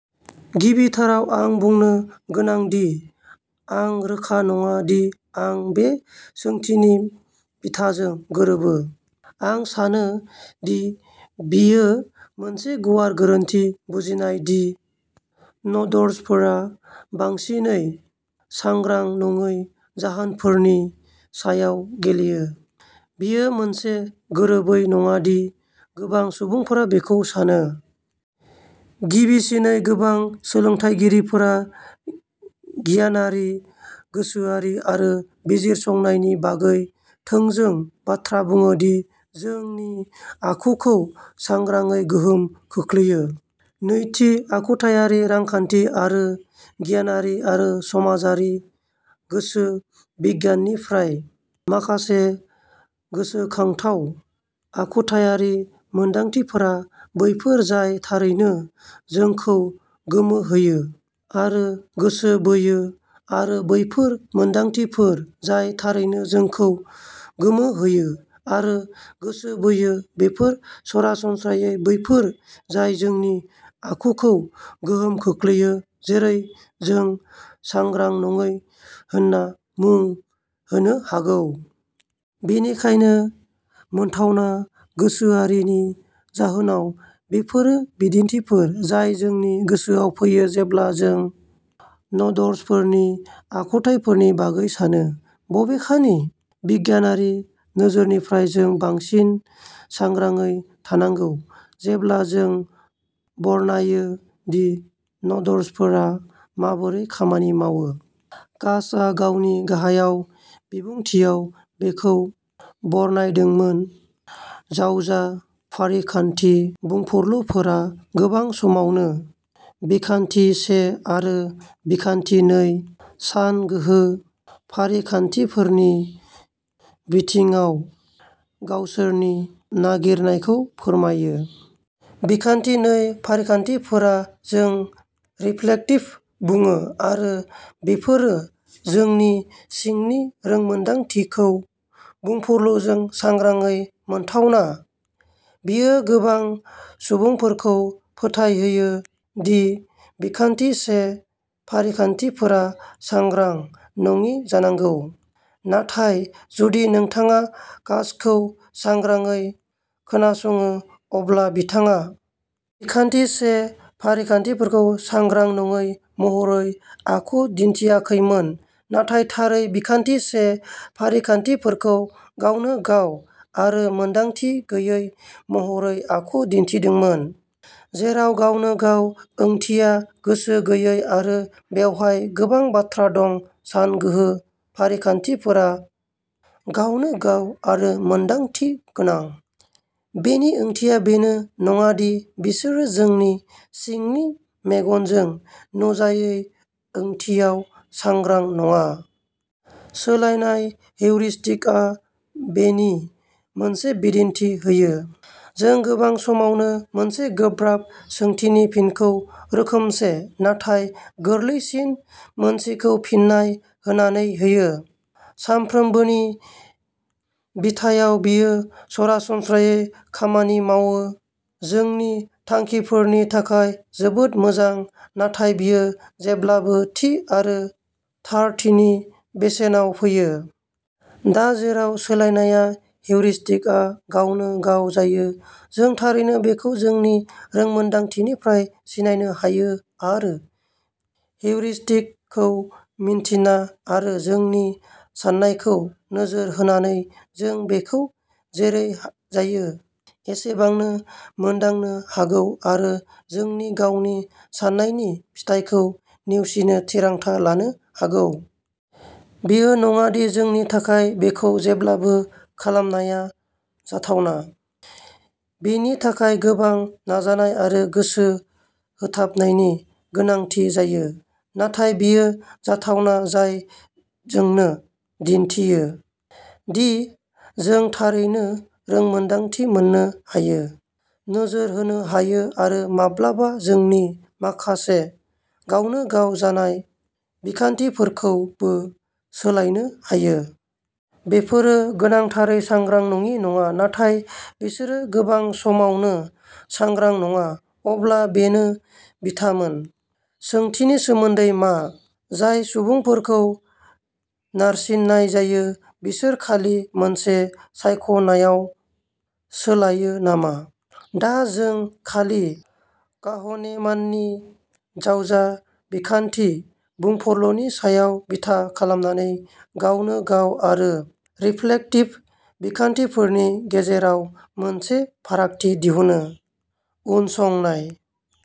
गिबिथाराव, आं बुंनो गोनां दि आं रोखा नङा दि आं बे सोंथिनि बिथाजों गोरोबो। आं सानो दि बेयो मोनसे गुवार गोरोन्थि बुजिनाय दि नड्जफोरा बांसिनै सांग्रां नङै जाहोनफोरनि सायाव गेलेयो। बेयो मोनसे गोरोबै नङा दि गोबां सुबुंफोरा बेखौ सानो। गिबिसिनै, गोबां सोलोंथायगिरिफोरा गियानारि गोसोआरि आरो बिजिरसंनायनि बागै थोंजों बाथ्रा बुङो दि जोंनि आखुखौ सांग्रांयै गोहोम खोख्लैयो। नैथि, आखुथायारि रांखान्थि आरो गियानारि आरो समाजारि गोसो बिगियाननिफ्राय माखासे गोसोखांथाव आखुथायारि मोनदांथिफोरा बैफोर जाय थारैनो जोंखौ गोमोहोयो आरो गोसोबोयो आरो बैफोर मोनदांथिफोर जाय थारैनो जोंखौ गोमोहोयो आरो गोसोबोयो बेफोरो सरासनस्रायै बैफोर जाय जोंनि आखुखौ गोहोम खोख्लैयो जेरै जों सांग्रां नङै होनना मुं होनो हागौ। बेनिखायनो, मोनथावना गोसोआरिनि जाहोनाव, बेफोरो बिदिन्थिफोर जाय जोंनि गोसोआव फैयो जेब्ला जों नड्जफोरनि आखुथायफोरनि बागै सानो। बबेखानि, बिगियानारि नोजोरनिफ्राय जों बांसिन सांग्राङै थानांगौ जेब्ला जों बरनायो दि नड्जफोरा माबोरै खामानि मावो। कासआ गावनि गाहाय बिबुंथिआव बेखौ बरनायदोंमोन, जावजा फारिखान्थि बुंफुरलुफोरा गोबां समावनो बिखान्थि से आरो बिखान्थि नै सानगोहो फारिखान्थिफोरनि बिथिङाव गावसोरनि नागिरनायखौ फोरमायो। बिखान्थि नै फारिखान्थिफोरा जों रिफ्लेक्टिभ बुङो आरो बेफोरो जोंनि सिंनि रोंमोन्दांथिखौ बुंफुरलुजों सांग्रांयै मोनथावना। बेयो गोबां सुबुंफोरखौ फोथायहोयो दि बिखान्थि से फारिखान्थिफोरा सांग्रां नङि जानांगौ। नाथाय जुदि नोंथाङा कासखौ सांग्राङै खोनासङो अब्ला बिथाङा बिखान्थि से फारिखान्थिफोरखौ सांग्रां नङि महरै आखु दिन्थियाखैमोन, नाथाय थारै बिखान्थि से फारिखान्थिफोरखौ गावनो गाव आरो मोनदांथि गैयै महरै आखु दिन्थिदोंमोन, जेराव गावनो गाव ओंथिया गोसो गैयै आरो बेवहाय गोनां बाथ्रा दं सानगोहो फारिखान्थिफोरा गावनो गाव आरो मोनदांथि गोनां, बेनि ओंथिया बेनो नङा दि बिसोरो जोंनि सिंनि मेगनजों नुजायै ओंथियाव सांग्रां नङा। सोलायनाय हेउरिस्टिकआ बेनि मोनसे बिदिन्थि होयो। जों गोबां समावनो मोनसे गोब्राब सोंथिनि फिनखौ रोखोमसे, नाथाय गोरलैसिन मोनसेखौ फिन्नाय होनानै होयो। सानफ्रोमबोनि बिथायाव बेयो सरासनस्रायै खामानि मावो। जोंनि थांखिफोरनि थाखाय जोबोद मोजां, नाथाय बेयो जेब्लाबो थि आरो थारथिनि बेसेनाव फैयो। दा, जेराव सोलायनाया हेउरिस्टिकआ गावनो गाव जायो, जों थारैनो बेखौ जोंनि रोंमोन्दांथिनिफ्राय सिनायनो हायो आरो हेउरिस्टिकखौ मिन्थिना आरो जोंनि साननायखौ नोजोर होनानै जों बेखौ जेरै जायो एसेबांनो मोनदांनो हागौ आरो जोंनि गावनि साननायनि फिथायखौ नेवसिनो थिरांथा लानो हागौ। बेयो नङा दि जोंनि थाखाय बेखौ जेब्लाबो खालामनाया जाथावना। बेनि थाखाय गोबां नाजानाय आरो गोसो होथाबनायनि गोनांथि जायो। नाथाय बेयो जाथावना, जाय जोंनो दिन्थियो, दि जों थारैनो रोंमोन्दांथि मोननो हायो, नोजोर होनो हायो आरो माब्लाबा जोंनि माखासे गावनो गाव जानाय बिखान्थिफोरखौ बो सोलायनो हायो। बेफोरो गोनांथारै सांग्रां नङि नङा, नाथाय बिसोरो गोबां समावनो सांग्रां नङा। अब्ला बेनो बिथामोन। सोंथिनि सोमोन्दै मा? जाय सुबुंफोरखौ नारसिन्नाय जायो बिसोर खालि मोनसे सायख'नायाव सोलायो नामा? दा, जों खालि काहनेमाननि जावजा बिखान्थि बुंफुरलुनि सायाव बिथा खालामनानै गावनो गाव आरो रिफ्लेक्टिभ बिखान्थिफोरनि गेजेराव मोनसे फारागथि दिहुनो। उनसंनाय।